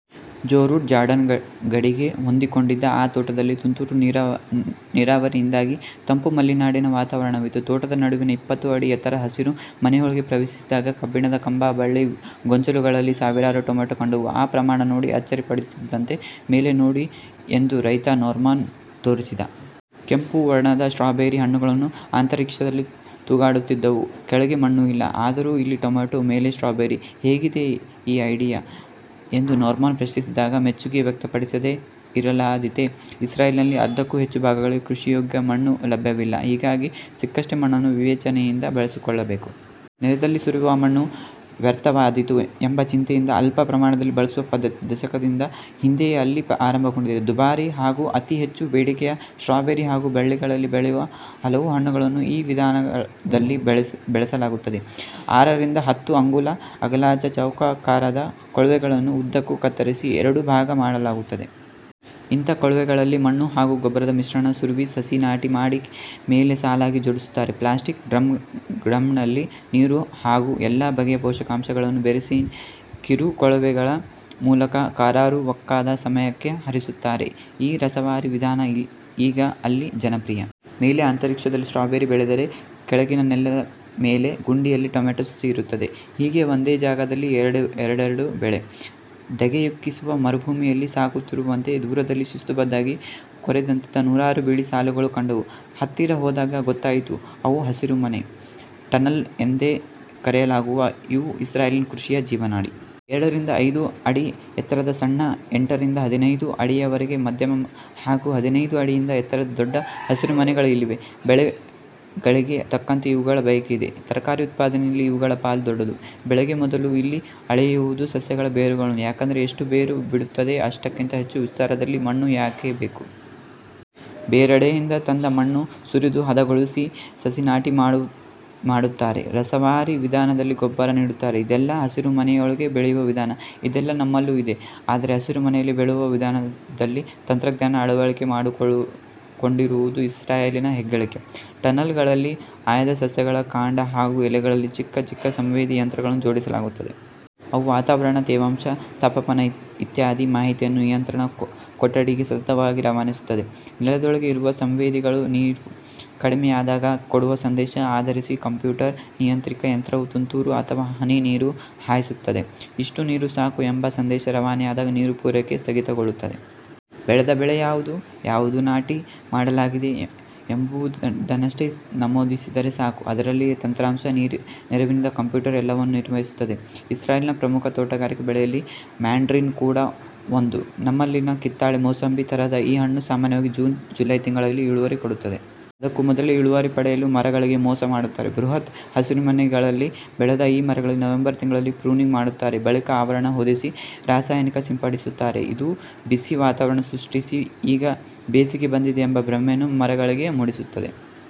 ಜೋ Root Jordan ಗಡಿಗೆ ಹೊಂದಿಕೊಂಡಿದ್ದ ಆ ತೋಟದಲ್ಲಿ ತುಂತುರು ನೀರಾವರಿಯಿಂದಾಗಿ ತಂಪು ಮಲೆನಾಡಿದ ವಾತಾವರಣವಿತ್ತು. ತೋಟದ ನಡುವಿನ ಇಪ್ಪತ್ತು ಅಡಿ ಎತ್ತರದ ಹಸಿರು ಮನೆಯೊಳಗೆ ಪ್ರವೇಶಿಸಿದಾಗ ಕಬ್ಬಿಣದ ಕಂಬ, ಬಳ್ಳಿ, ಗೊಂಚಲುಗಳಲ್ಲಿ ಸಾವಿರಾರು ಟೊಮೆಟೊ ಕಂಡವು. ಆ ಪ್ರಮಾಣ ನೋಡಿ ಅಚ್ಚರಿ ಪಡುತ್ತಿದ್ದಂತೆ ಮೇಲೆ ನೋಡಿ ಎಂದು ರೈತ ನೋರ್ಮನ್ ತೋರಿಸಿದ. ಕೆಂಪು ವರ್ಣದ ಸ್ಟ್ರಾಬೆರಿ ಹಣ್ಣುಗಳು ಅಂತರಿಕ್ಷದಲ್ಲಿ ತೂಗಾಡುತ್ತಿದ್ದವು. ಕೆಳಗೆ ಮಣ್ಣು ಇಲ್ಲ. ಆದರೂ ಇಲ್ಲಿ ಟೊಮೆಟೊ, ಮೇಲೆ ಸ್ಟ್ರಾಬೆರಿ. ಹೇಗಿದೆ ಈ ಐಡಿಯಾ? ಎಂದು ನೋರ್ಮನ್ ಪ್ರಶ್ನಿಸಿದಾಗ, ಮೆಚ್ಚುಗೆ ವ್ಯಕ್ತಪಡಿಸದೇ ಇರಲಾದೀತೆ? ಇಸ್ರೇಲಿನಲ್ಲಿ ಅರ್ಧಕ್ಕೂ ಹೆಚ್ಚು ಭಾಗದಲ್ಲಿ ಕೃಷಿಯೋಗ್ಯ ಮಣ್ಣು ಲಭ್ಯವಿಲ್ಲ. ಹೀಗಾಗಿ ಸಿಕ್ಕಷ್ಟೇ ಮಣ್ಣನ್ನು ವಿವೇಚನೆಯಿಂದ ಬಳಸಿಕೊಳ್ಳಬೇಕು. ನೆಲದಲ್ಲಿ ಸುರಿಯುವ ಮಣ್ಣು ವ್ಯರ್ಥವಾದೀತು ಎಂಬ ಚಿಂತೆಯಿಂದ ಅಲ್ಪ ಪ್ರಮಾಣದಲ್ಲಿ ಬಳಸುವ ಪದ್ಧತಿ ದಶಕದ ಹಿಂದೆಯೇ ಅಲ್ಲಿ ಆರಂಭಗೊಂಡಿದೆ. ದುಬಾರಿ ಹಾಗೂ ಅತಿ ಹೆಚ್ಚು ಬೇಡಿಕೆಯ ಸ್ಟ್ರಾಬೆರಿ ಹಾಗೂ ಬಳ್ಳಿಗಳಲ್ಲಿ ಬೆಳೆಯುವ ಹಲವು ಹಣ್ಣುಗಳನ್ನು ಈ ವಿಧಾನದಲ್ಲಿ ಬೆಳೆಸಲಾಗುತ್ತದೆ. ಆರರಿಂದ ಹತ್ತು ಅಂಗುಲ ಅಗಲದ ಚೌಕಾಕಾರದ ಕೊಳವೆಗಳನ್ನು ಉದ್ದಕ್ಕೂ ಕತ್ತರಿಸಿ, ಎರಡು ಭಾಗ ಮಾಡಲಾಗುತ್ತದೆ. ಇಂಥ ಕೊಳವೆಗಳಲ್ಲಿ ಮಣ್ಣು ಹಾಗೂ ಗೊಬ್ಬರದ ಮಿಶ್ರಣ ಸುರುವಿ, ಸಸಿ ನಾಟಿ ಮಾಡಿ ಮೇಲೆ ಸಾಲಾಗಿ ಜೋಡಿಸುತ್ತಾರೆ. ಪ್ಲಾಸ್ಟಿಕ್ ಡ್ರಮ್ಗಳಲ್ಲಿ ನೀರು ಹಾಗೂ ಎಲ್ಲ ಬಗೆಯ ಪೋಷಕಾಂಶಗಳನ್ನು ಬೆರೆಸಿ, ಕಿರು ಕೊಳವೆಗಳ ಮೂಲಕ ಕರಾರುವಾಕ್ಕಾದ ಸಮಯಕ್ಕೆ ಹರಿಸುತ್ತಾರೆ. ಈ ರಸಾವರಿ ವಿಧಾನ ಈಗ ಅಲ್ಲಿ ಜನಪ್ರಿಯ. ಮೇಲೆ ಅಂತರಿಕ್ಷದಲ್ಲಿ ಸ್ಟ್ರಾಬೆರಿ ಬೆಳೆದರೆ, ಕೆಳಗಿನ ನೆಲದ ಮೇಲಿನ ಗುಂಡಿಯಲ್ಲಿ ಟೊಮೆಟೊ ಸಸಿ ಇರುತ್ತದೆ. ಹೀಗೆ ಒಂದೇ ಜಾಗದಲ್ಲಿ ಎರಡೆರಡು ಬೆಳೆ. ಧಗೆಯುಕ್ಕಿಸುವ ಮರುಭೂಮಿಯಲ್ಲಿ ಸಾಗುತ್ತಿರುವಂತೆ ದೂರದಲ್ಲಿ ಶಿಸ್ತುಬದ್ಧವಾಗಿ ಕೊರೆದಂತಿದ್ದ ನೂರಾರು ಬಿಳಿ ಸಾಲುಗಳು ಕಂಡವು. ಹತ್ತಿರ ಹೋದಾಗ ಗೊತ್ತಾಗಿದ್ದು ಅವು ಹಸಿರುಮನೆ. ಟನಲ್ ಎಂದೇ ಕರೆಯಲಾಗುವ ಇವು ಇಸ್ರೇಲಿನ ಕೃಷಿಯ ಜೀವನಾಡಿ. ಎರಡರಿಂದ ಐದು ಅಡಿ ಎತ್ತರದ ಸಣ್ಣ, ಎಂಟರಿಂದ ಹದಿನೈದು ಅಡಿವರೆಗಿನ ಮಧ್ಯಮ ಹಾಗೂ ಹದಿನೈದು ಅಡಿಗಿಂತ ಎತ್ತರದ ದೊಡ್ಡ ಹಸಿರುಮನೆಗಳು ಇಲ್ಲಿವೆ. ಬೆಳೆಗಳಿಗೆ ತಕ್ಕಂತೆ ಇವುಗಳ ಬಳಕೆಯಿದೆ. ತರಕಾರಿ ಉತ್ಪಾದನೆಯಲ್ಲಿ ಇವುಗಳ ಪಾಲು ದೊಡ್ಡದು. ಬೆಳೆಗೆ ಮೊದಲು ಇಲ್ಲಿ ಅಳೆಯುವುದು ಸಸ್ಯಗಳ ಬೇರುಗಳನ್ನು. ಯಾಕೆಂದರೆ ಎಷ್ಟು ಬೇರು ಬಿಡುತ್ತದೋ ಅಷ್ಟಕ್ಕಿಂತ ಹೆಚ್ಚು ವಿಸ್ತಾರದಲ್ಲಿ ಮಣ್ಣು ಯಾಕೆ ಬೇಕು? ಬೇರೆಡೆಯಿಂದ ತಂದ ಮಣ್ಣನ್ನು ಸುರಿದು ಹದಗೊಳಿಸಿ, ಸಸಿ ನಾಟಿ ಮಾಡುತ್ತಾರೆ. ರಸಾವರಿ ವಿಧಾನದಲ್ಲಿ ಗೊಬ್ಬರ ನೀಡುತ್ತಾರೆ. ಇದೆಲ್ಲ ಹಸಿರುಮನೆಯೊಳಗೆ ಬೆಳೆಯುವ ವಿಧಾನ. ಇದೆಲ್ಲ ನಮ್ಮಲ್ಲೂ ಇದೆ. ಆದರೆ ಹಸಿರುಮನೆಯಲ್ಲಿ ಬೆಳೆಯುವ ವಿಧಾನದಲ್ಲಿ ತಂತ್ರಜ್ಞಾನ ಅಳವಡಿಕೆ ಮಾಡಿಕೊಂಡಿರುವುದು ಇಸ್ರೇಲಿನ ಹೆಗ್ಗಳಿಕೆ. ಟನಲ್ಗಳಲ್ಲಿ ಆಯ್ದ ಸಸ್ಯಗಳ ಕಾಂಡ ಹಾಗೂ ಎಲೆಗಳಿಗೆ ಚಿಕ್ಕ ಚಿಕ್ಕ ಸಂವೇದಿ ಯಂತ್ರಗಳನ್ನು ಜೋಡಿಸಲಾಗುತ್ತದೆ. ಅವು ವಾತಾವರಣ, ತೇವಾಂಶ, ತಾಪಮಾನ ಇತ್ಯಾದಿ ಮಾಹಿತಿಯನ್ನು ನಿಯಂತ್ರಣ ಕೊಠಡಿಗೆ ಸತತವಾಗಿ ರವಾನಿಸುತ್ತವೆ. ನೆಲದೊಳಗೇ ಇರುವ ಸಂವೇದಿಗಳು ನೀರು ಕಡಿಮೆಯಾದಾಗ ಕೊಡುವ ಸಂದೇಶ ಆಧರಿಸಿ ಕಂಪ್ಯೂಟರ್ ನಿಯಂತ್ರಿತ ಯಂತ್ರವು ತುಂತುರು ಅಥವಾ ಹನಿ ನೀರು ಹಾಯಿಸುತ್ತದೆ. ಇಷ್ಟು ನೀರು ಸಾಕು ಎಂಬ ಸಂದೇಶ ರವಾನೆಯಾದಾಗ ನೀರು ಪೂರೈಕೆ ಸ್ಥಗಿತಗೊಳ್ಳುತ್ತದೆ. ಬೆಳೆದ ಬೆಳೆ ಯಾವುದು? ಯಾವತ್ತು ನಾಟಿ ಮಾಡಲಾಗಿದೆ ಎಂಬುದನ್ನಷ್ಟೇ ನಮೂದಿಸಿದರೆ ಸಾಕು, ಅದರಲ್ಲಿನ ತಂತ್ರಾಂಶದ ನೆರವಿನಿಂದ ಕಂಪ್ಯೂಟರ್ ಎಲ್ಲವನ್ನು ನಿರ್ವಹಿಸುತ್ತದೆ. ಇಸ್ರೇಲ್ನ ಪ್ರಮುಖ ತೋಟಗಾರಿಕೆ ಬೆಳೆಯಲ್ಲಿ ಮ್ಯಾಂಡರಿನ್ ಕೂಡ ಒಂದು. ನಮ್ಮಲ್ಲಿನ ಕಿತ್ತಳೆ, ಮೂಸಂಬಿ ಥರದ ಈ ಹಣ್ಣು ಸಾಮಾನ್ಯವಾಗಿ ಜೂನ್ ಜುಲೈ ತಿಂಗಳಲ್ಲಿ ಇಳುವರಿ ಕೊಡುತ್ತದೆ. ಅದಕ್ಕೂ ಮೊದಲೇ ಇಳುವರಿ ಪಡೆಯಲು ಮರಗಳಿಗೇ ಮೋಸ ಮಾಡುತ್ತಾರೆ. ಬೃಹತ್ ಹಸಿರುಮನೆಗಳಲ್ಲಿ ಬೆಳೆದ ಈ ಮರಗಳಿಗೆ ನವೆಂಬರ್ ತಿಂಗಳಲ್ಲಿ ಪ್ರೂನಿಂಗ್ ಮಾಡುತ್ತಾರೆ. ಬಳಿಕ ಆವರಣ ಹೊದೆಸಿ, ರಾಸಾಯನಿಕ ಸಿಂಪಡಿಸುತ್ತಾರೆ. ಇದು ಬಿಸಿ ವಾತಾವರಣ ಸೃಷ್ಟಿಸಿ ಈಗ ಬೇಸಿಗೆ ಬಂದಿದೆ ಎಂಬ ಭ್ರಮೆಯನ್ನು ಮರಗಳಿಗೆ ಮೂಡಿಸುತ್ತದೆ.